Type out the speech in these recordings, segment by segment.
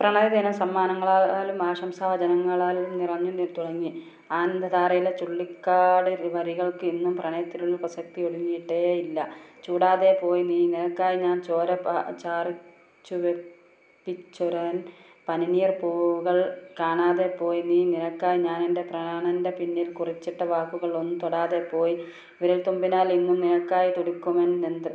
പ്രണയദിനം സമ്മാനങ്ങളാലും ആശംസാ വചനങ്ങളാലും നിറഞ്ഞു തുടങ്ങി. ആനന്ദധാരയിലെ ചുള്ളിക്കാട് വരികൾക്ക് ഇന്നും പ്രണയത്തിലുള്ള പ്രസക്തിയൊടുങ്ങിയിട്ടേയില്ല. '' ചൂടാതെ പോയ് നീ, നിനക്കായി ഞാൻ ചോര ചാറിച്ചുവപ്പിച്ചൊരെൻ പനിനീർ പൂവുകൾ കാണാതെ പോയ് നീ, നിനക്കായ് ഞാനെന്റെ പ്രാണന്റെ പിന്നിൽ കുറിച്ചിട്ട വാക്കുകൾ ഒന്നു തൊടാതെ പോയി വിരൽതുമ്പിനാൽ ഇന്നും നിനക്കായ് തുടിക്കുമെൻ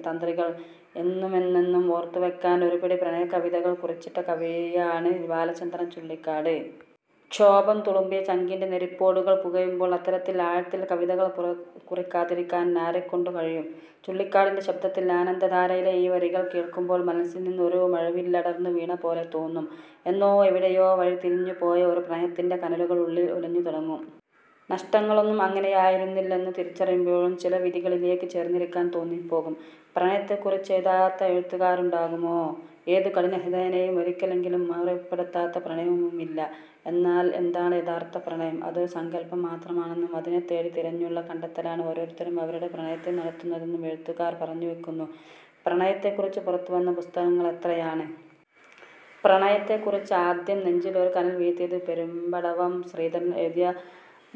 തന്ത്രികൾ '' എന്നുമെന്നെന്നും ഓർത്തു വയ്ക്കാൻ ഒരുപിടി പ്രണയകവിതകൾ കുറിച്ചിട്ട കവിയാണ് ബാലചന്ദ്രൻ ചുള്ളിക്കാട്. ക്ഷോഭം തുളുമ്പിയ ചങ്കിന്റെ നെരിപ്പോടുകൾ പുകയുമ്പോൾ അത്തരത്തിൽ ആഴത്തിൽ കവിതകൾ കുറിക്കാതിരിക്കാൻ ആരെക്കൊണ്ടു കഴിയും? ചുള്ളിക്കാടിന്റെ ശബ്ദത്തിൽ ആനന്ദധാരയിലെ ഈ വരികൾ കേൾക്കുമ്പോൾ മനസ്സിൽനിന്ന് ഒരു മഴവില്ലടർന്നു വീണപോലെ തോന്നും. എന്നോ എവിടെയോ വഴി തിരിഞ്ഞു പോയ ഒരു പ്രണയത്തിന്റെ കനലുകൾ ഉള്ളിൽ ഉലഞ്ഞു തുടങ്ങും. നഷ്ടങ്ങളൊന്നും അങ്ങനെയായിരുന്നില്ലെന്നു തിരിച്ചറിയുമ്പോഴും ചില വിധികളിലേക്ക് ചേർന്നിരിക്കാൻ തോന്നിപ്പോകും. പ്രണയത്തെക്കുറിച്ചെഴുതാത്ത എഴുത്തുകാരുണ്ടാകുമോ? ഏതു കഠിനഹൃദയനെയും ഒരിക്കലെങ്കിലും മുറിപ്പെടുത്താത്ത പ്രണയവുമില്ല. എന്നാൽ എന്താണ് യഥാർഥ പ്രണയം? അതൊരു സങ്കൽപം മാത്രമാണെന്നും അതിനെ തേടി തിരഞ്ഞുള്ള കണ്ടെത്തലാണ് ഓരോരുത്തരും അവരുടെ പ്രണയത്തിൽ നടത്തുന്നതെന്നും എഴുത്തുകാർ പറഞ്ഞു വയ്ക്കുന്നു. പ്രണയത്തെക്കുറിച്ച് പുറത്തു വന്ന പുസ്തകങ്ങളെത്രയാണ്! പ്രണയത്തെക്കുറിച്ച് ആദ്യം നെഞ്ചിൽ ഒരു കനൽ വീഴ്ത്തിയത് പെരുമ്പടവം ശ്രീധരൻ എഴുതിയ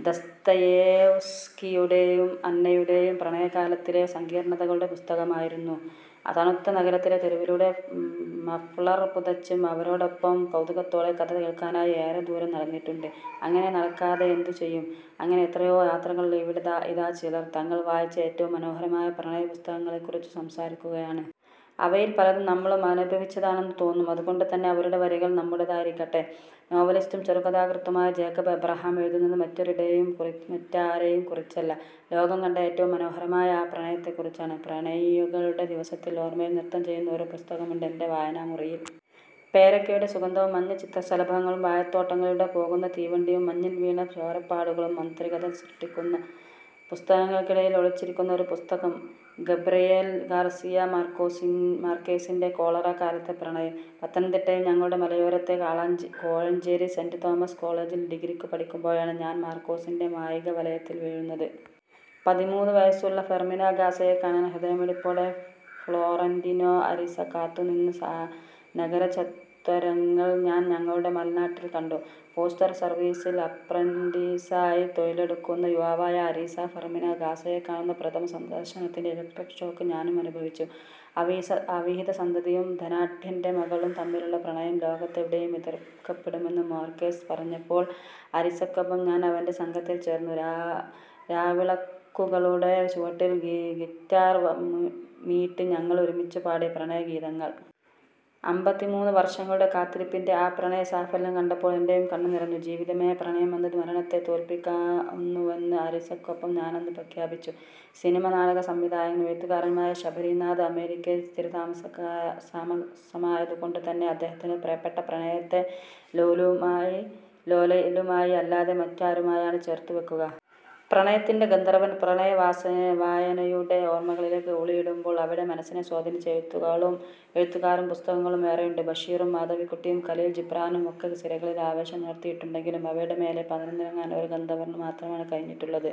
ദസ്തയേവ്സ്കിയുടെയും അന്നയുടെയും പ്രണയകാലത്തിലെ സങ്കീർത്തനങ്ങളുടെ പുസ്തകമായിരുന്നു. തണുത്ത നഗരത്തിലെ തെരുവിലൂടെ മഫ്ളർ പുതച്ച് അവരോടൊപ്പം കൗതുകത്തോടെ കഥ കേൾക്കാനായി ഏറെ ദൂരം നടന്നിട്ടുണ്ട്. അങ്ങനെ നടക്കാതെയെന്തു ചെയ്യും? അങ്ങനെ എത്രയോ യാത്രകൾ ഇവിടെ ഇതാ ചിലർ, തങ്ങൾ വായിച്ച ഏറ്റവും മനോഹരമായ പ്രണയപുസ്തകങ്ങളെക്കുറിച്ചു സംസാരിക്കുകയാണ്. അവയിൽ പലതും നമ്മളും അനുഭവിച്ചതാണെന്നു തോന്നും. അതുകൊണ്ടുതന്നെ അവരുടെ വരികൾ നമ്മുടേതായിരിക്കട്ടെ! ∙ നോവലിസ്റ്റും ചെറുകഥാകൃത്തുമായ ജേക്കബ് എബ്രഹാം എഴുതുന്നത് മറ്റാരെയും കുറിച്ചല്ല, ലോകം കണ്ട ഏറ്റവും മനോഹരമായ ആ പ്രണയത്തെക്കുറിച്ചാണ്. ' പ്രണയികളുടെ ദിവസത്തിൽ, ഓർമയിൽ നൃത്തം ചെയ്യുന്ന ഒരു പുസ്തകമുണ്ട് എന്റെ വായനാമുറിയിൽ. പേരയ്ക്കയുടെ സുഗന്ധവും മഞ്ഞ ചിത്രശലഭങ്ങളും വാഴത്തോട്ടങ്ങളിലൂടെ പോകുന്ന തീവണ്ടിയും മഞ്ഞിൽ വീണ ചോരപ്പാടുകളും മാന്ത്രികത സൃഷ്ടിക്കുന്ന, പുസ്തകങ്ങൾക്കിടയിൽ ഒളിച്ചിരിക്കുന്ന ഒരു പുസ്തകം. ഗബ്രിയേൽ ഗാർസിയ മാർകേസിന്റെ കോളറ കാലത്തെ പ്രണയം. പത്തനംതിട്ടയിൽ ഞങ്ങളുടെ മലയോരത്തെ കോഴഞ്ചേരി സെന്റ് തോമസ് കോളജിൽ ഡിഗ്രിയ്ക്കു പഠിയ്ക്കുമ്പോഴാണ് ഞാൻ മാർകേസിന്റെ മായിക വലയത്തിൽ വീഴുന്നത്. പതിമൂന്ന് വയസ്സുള്ള ഫെർമിന ഡാസയെ കാണാൻ ഹൃദയമിടിപ്പോടെ ഫ്ലോറന്റിനോ അരിസ കാത്തു നിന്ന നഗരചത്വരങ്ങൾ ഞാൻ ഞങ്ങളുടെ മലനാട്ടിൽ കണ്ടു. പോസ്റ്റൽ സർവീസിൽ അപ്രന്റീസായി തൊഴിലെടുക്കുന്ന യുവാവായ അരിസ ഫെർമിന ഡാസയെ കാണുന്ന പ്രഥമ ദർശനത്തിന്റെ ഇലക്ട്രിക് ഷോക്ക് ഞാനും അനുഭവിച്ചു. അവിഹിത സന്തതിയും ധനാഢ്യന്റെ മകളും തമ്മിലുള്ള പ്രണയം ലോകത്തെവിടെയും എതിർക്കപ്പെടുമെന്ന് മാർകേസ് പറഞ്ഞപ്പോൾ അരിസയ്ക്കൊപ്പം ഞാൻ അവന്റെ സംഘത്തിൽ ചേർന്നു രാവിളക്കുകളുടെ ചുവട്ടിൽ ഗിറ്റാർ മീട്ടി ഞങ്ങൾ ഒരുമിച്ചു പാടി പ്രണയഗീതകങ്ങൾ. അൻപത്തിമൂന്ന് വർഷങ്ങളുടെ കാത്തിരിപ്പിന്റെ ആ പ്രണയ സാഫല്യം കണ്ടപ്പോൾ എന്റെയും കണ്ണു നിറഞ്ഞു ജീവിതമേ പ്രണയമെന്നത് മരണത്തെ തോൽപ്പിക്കുന്നുവെന്ന് അരിസയ്ക്കൊപ്പം ഞാനന്ന് പ്രഖ്യാപിച്ചു '.∙ സിനിമ- നാടക സംവിധായകനും എഴുത്തുകാരനുമായ ശബരിനാഥ് അമേരിക്കയിൽ സ്ഥിര താമസമായതുകൊണ്ടു തന്നെ അദ്ദേഹത്തിന്റെ പ്രിയപ്പെട്ട പ്രണയത്തെ ലോലയുമായി അല്ലാതെ മറ്റാരുമായാണ് ചേർത്ത് വയ്ക്കുക? ' പ്രണയത്തിന്റെ ഗന്ധർവൻ പ്രണയവായനയുടെ ഓർമകളിലേക്ക് ഊളിയിടുമ്പോൾ അവിടെ മനസ്സിനെ സ്വാധീനിച്ച എഴുത്തുകാരും പുസ്തകങ്ങളും ഏറെയുണ്ട്. ബഷീറും മാധവിക്കുട്ടിയും ഖലീൽ ജിബ്രാനും ഒക്കെ സിരകളിൽ ആവേശമുണർത്തിയിട്ടുണ്ടെങ്കിലും അവയുടെ മേലേ പറന്നിറങ്ങാൻ ഒരു ഗന്ധർവനു മാത്രമാണ് കഴിഞ്ഞിട്ടുള്ളത്.